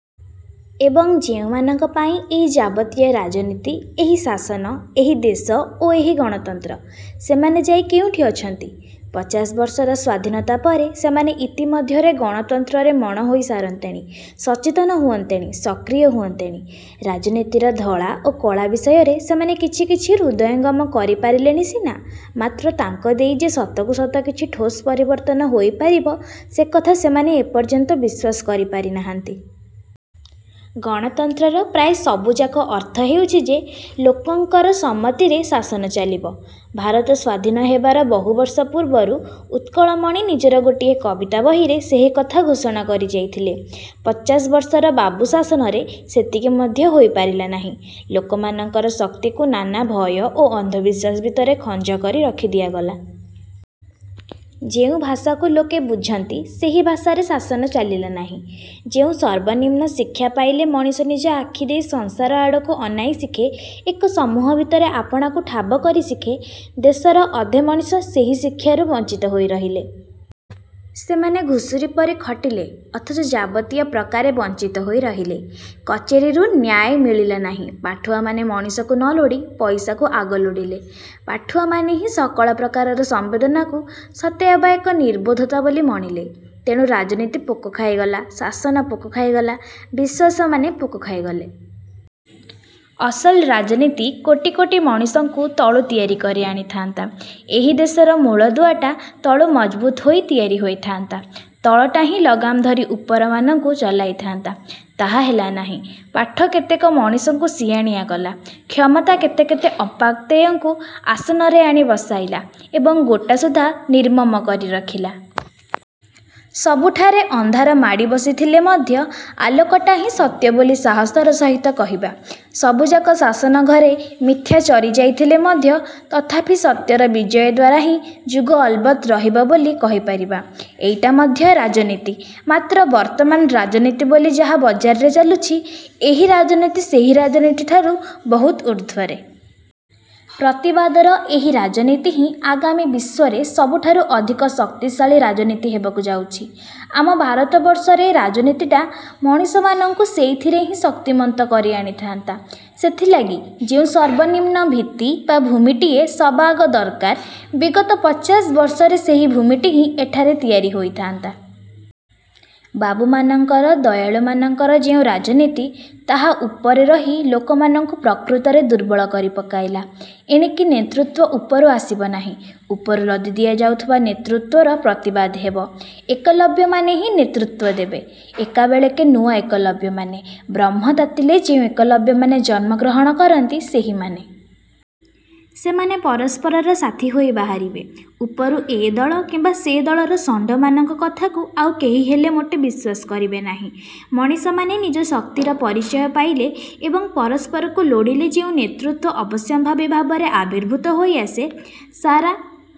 ଏବଂ ଯେଉଁମାନଙ୍କ ପାଇଁ ଏହି ଯାବତୀୟ ରାଜନୀତି, ଏହି ଶାସନ, ଏହି ଦେଶ ଓ ଏହି ଗଣତନ୍ତ୍ର, ସେମାନେ ଯାଇ କେଉଁଠି ଅଛନ୍ତି? ପଚାଶ ବର୍ଷର ସ୍ୱାଧୀନତା ପରେ ସେମାନେ ଇତିମଧ୍ୟରେ ଗଣତନ୍ତ୍ରରେ ମଣ ହୋଇ ସାରନ୍ତେଣି, ସଚେତନ ହୁଅନ୍ତେଣି, ସକ୍ରିୟ ହୁଅନ୍ତେଣି। ରାଜନୀତିର ଧଳା ଓ କଳା ବିଷୟରେ ସେମାନେ କିଛି କିଛି ହୃଦୟଙ୍ଗମ କରିପାରିଲେଣି ସିନା, ମାତ୍ର ତାଙ୍କ ଦେଇ ଯେ ସତକୁ ସତ କିଛି ଠୋସ୍ ପରିବର୍ତ୍ତନ ହୋଇପାରିବ ସେ କଥା ସେମାନେ ଏପର୍ଯ୍ୟନ୍ତ ବିଶ୍ୱାସ କରିପାରି ନାହାନ୍ତି। ଗଣତନ୍ତ୍ରର ପ୍ରାୟ ସବୁଯାକ ଅର୍ଥ ହେଉଛି ଯେ ଲୋକଙ୍କର ସମ୍ମତିରେ ଶାସନ ଚାଲିବ। ଭାରତ ସ୍ୱାଧୀନ ହେବାର ବହୁ ବର୍ଷ ପୂର୍ବରୁ ଉତ୍କଳମଣି ନିଜର ଗୋଟିଏ କବିତା ବହିରେ ସେହିକଥା ଘୋଷଣା କରିଯାଇଥିଲେ। ପଚାଶବର୍ଷର ବାବୁ ଶାସନରେ ସେତିକି ମଧ୍ୟ ହୋଇପାରିଲା ନାହିଁ। ଲୋକମାନଙ୍କର ଶକ୍ତିକୁ ନାନା ଭୟ ଓ ଅନ୍ଧବିଶ୍ୱାସ ଭିତରେ ଖଞ୍ଜ କରି ରଖି ଦିଆଗଲା। ଯେଉଁ ଭାଷାକୁ ଲୋକେ ବୁଝନ୍ତି ସେହି ଭାଷାରେ ଶାସନ ଚାଲିଲା ନାହିଁ। ଯେଉଁ ସର୍ବନିମ୍ନ ଶିକ୍ଷା ପାଇଲେ ମଣିଷ ନିଜ ଆଖି ଦେଇ ସଂସାର ଆଡ଼କୁ ଅନାଇ ଶିଖେ ଏକ ସମୂହ ଭିତରେ ଆପଣାକୁ ଠାବ କରି ଶିଖେ, ଦେଶର ଅଧେ ମଣିଷ ସେହି ଶିକ୍ଷାରୁ ବଞ୍ଚିତ ହୋଇ ରହିଲେ। ସେମାନେ ଘୁଷୁରି ପରି ଖଟିଲେ ଅଥଚ ଯାବତୀୟ ପ୍ରକାରେ ବଂଚିତ ହୋଇ ରହିଲେ। କଚେରୀରୁ ନ୍ୟାୟ ମିଳିଲା ନାହିଁ, ପାଠୁଆମାନେ ମଣିଷକୁ ନ ଲୋଡ଼ି ପଇସାକୁ ଆଗ ଲୋଡ଼ିଲେ, ପାଠୁଆମାନେ ହିଁ ସକଳ ପ୍ରକାରର ସଂବେଦନାକୁ ସତେଅବା ଏକ ନିର୍ବୋଧତା ବୋଲି ମଣିଲେ। ତେଣୁ ରାଜନୀତି ପୋକ ଖାଇଗଲା, ଶାସନ ପୋକ ଖାଇଗଲା, ବିଶ୍ୱାସମାନେ ପୋକ ଖାଇଗଲେ। ଅସଲ ରାଜନୀତି କୋଟି କୋଟି ମଣିଷଙ୍କୁ ତଳୁ ତିଆରି କରି ଆଣିଥାନ୍ତା। ଏହି ଦେଶର ମୂଳଦୁଆଟା ତଳୁ ମଜବୁତ ହୋଇ ତିଆରି ହୋଇଥାନ୍ତା, ତଳଟା ହିଁ ଲଗାମ ଧରି ଉପରମାନଙ୍କୁ ଚଲାଇ ଥାଆନ୍ତା। ତାହା ହେଲା ନାହିଁ। ପାଠ କେତେକ ମଣିଷଙ୍କୁ ସିଆଣିଆ କଲା, କ୍ଷମତା କେତେ କେତେ ଅପାଂକ୍ତେୟଙ୍କୁ ଆସନରେ ଆଣି ବସାଇଲା ଏବଂ ଗୋଟାସୁଦ୍ଧା ନିର୍ମମ କରି ରଖିଲା। ସବୁଠାରେ ଅନ୍ଧାର ମାଡ଼ି ବସିଥିଲେ ମଧ୍ୟ ଆଲୋକଟା ହିଁ ସତ୍ୟ ବୋଲି ସାହସର ସହିତ କହିବା, ସବୁଯାକ ଶାସନଘରେ ମିଥ୍ୟା ଚରି ଯାଇଥିଲେ ମଧ୍ୟ ତଥାପି ସତ୍ୟର ବିଜୟ ଦ୍ଵାରା ହିଁ ଯୁଗ ଅଲବତ ରହିବ ବୋଲି କହିପାରିବା ଏଇଟା ମଧ୍ୟ ରାଜନୀତି। ମାତ୍ର ବର୍ତ୍ତମାନ ରାଜନୀତି ବୋଲି ଯାହା ବଜାରରେ ଚାଲୁଛି, ଏହି ରାଜନୀତି ସେହି ରାଜନୀତି ଠାରୁ ବହୁତ ଉର୍ଦ୍ଧ୍ୱରେ। ପ୍ରତିବାଦର ଏହି ରାଜନୀତି ହିଁ ଆଗାମୀ ବିଶ୍ୱରେ ସବୁଠାରୁ ଅଧିକ ଶକ୍ତିଶାଳୀ ରାଜନୀତି ହେବାକୁ ଯାଉଛି। ଆମ ଭାରତବର୍ଷରେ ରାଜନୀତିଟା ମଣିଷମାନଙ୍କୁ ସେଇଥିରେ ହିଁ ଶକ୍ତିମନ୍ତ କରି ଆଣିଥାନ୍ତା। ସେଥିଲାଗି ଯେଉଁ ସର୍ବନିମ୍ନ ଭିତ୍ତି ବା ଭୂମିଟିଏ ସବାଆଗ ଦରକାର, ବିଗତ ପଚାଶ ବର୍ଷରେ ସେହି ଭୂମିଟି ହିଁ ଏଠାରେ ତିଆରି ହୋଇଥାଆନ୍ତା। ବାବୁମାନଙ୍କର, ଦୟାଳୁମାନଙ୍କର ଯେଉଁ ରାଜନୀତି, ତାହା ଉପରେ ରହି ଲୋକମାନଙ୍କୁ ପ୍ରକୃତରେ ଦୁର୍ବଳକରି ପକାଇଲା। ଏଣିକି ନେତୃତ୍ୱ ଉପରୁ ଆସିବ ନାହିଁ, ଉପରୁ ଲଦି ଦିଆଯାଉଥିବା ନେତୃତ୍ୱର ପ୍ରତିବାଦ ହେବ। ଏକଲବ୍ୟମାନେ ହିଁ ନେତୃତ୍ଵ ଦେବେ। ଏକାବେଳେକେ ନୂଆ ଏକଲବ୍ୟମାନେ, ବ୍ରହ୍ମ ତାତିଲେ ଯେଉଁ ଏକଲବ୍ୟମାନେ ଜନ୍ମଗ୍ରହଣ କରନ୍ତି ସେହିମାନେ। ସେମାନେ ପରସ୍ପରର ସାଥୀ ହୋଇ ବାହାରିବେ। ଉପରୁ ଏ ଦଳ କିମ୍ବା ସେ ଦଳର ଷଣ୍ଢମାନଙ୍କ କଥାକୁ ଆଉ କେହିହେଲେ ମୋଟେ ବିଶ୍ୱାସ କରିବେ ନାହିଁ। ମଣିଷମାନେ ନିଜ ଶକ୍ତିର ପରିଚୟ ପାଇଲେ ଏବଂ ପରସ୍ପରକୁ ଲୋଡ଼ିଲେ ଯେଉଁ ନେତୃତ୍ୱ ଅବଶ୍ୟମ୍ଭାବୀ ଭାବରେ ଆବିର୍ଭୂତ ହୋଇଆସେ, ସାରା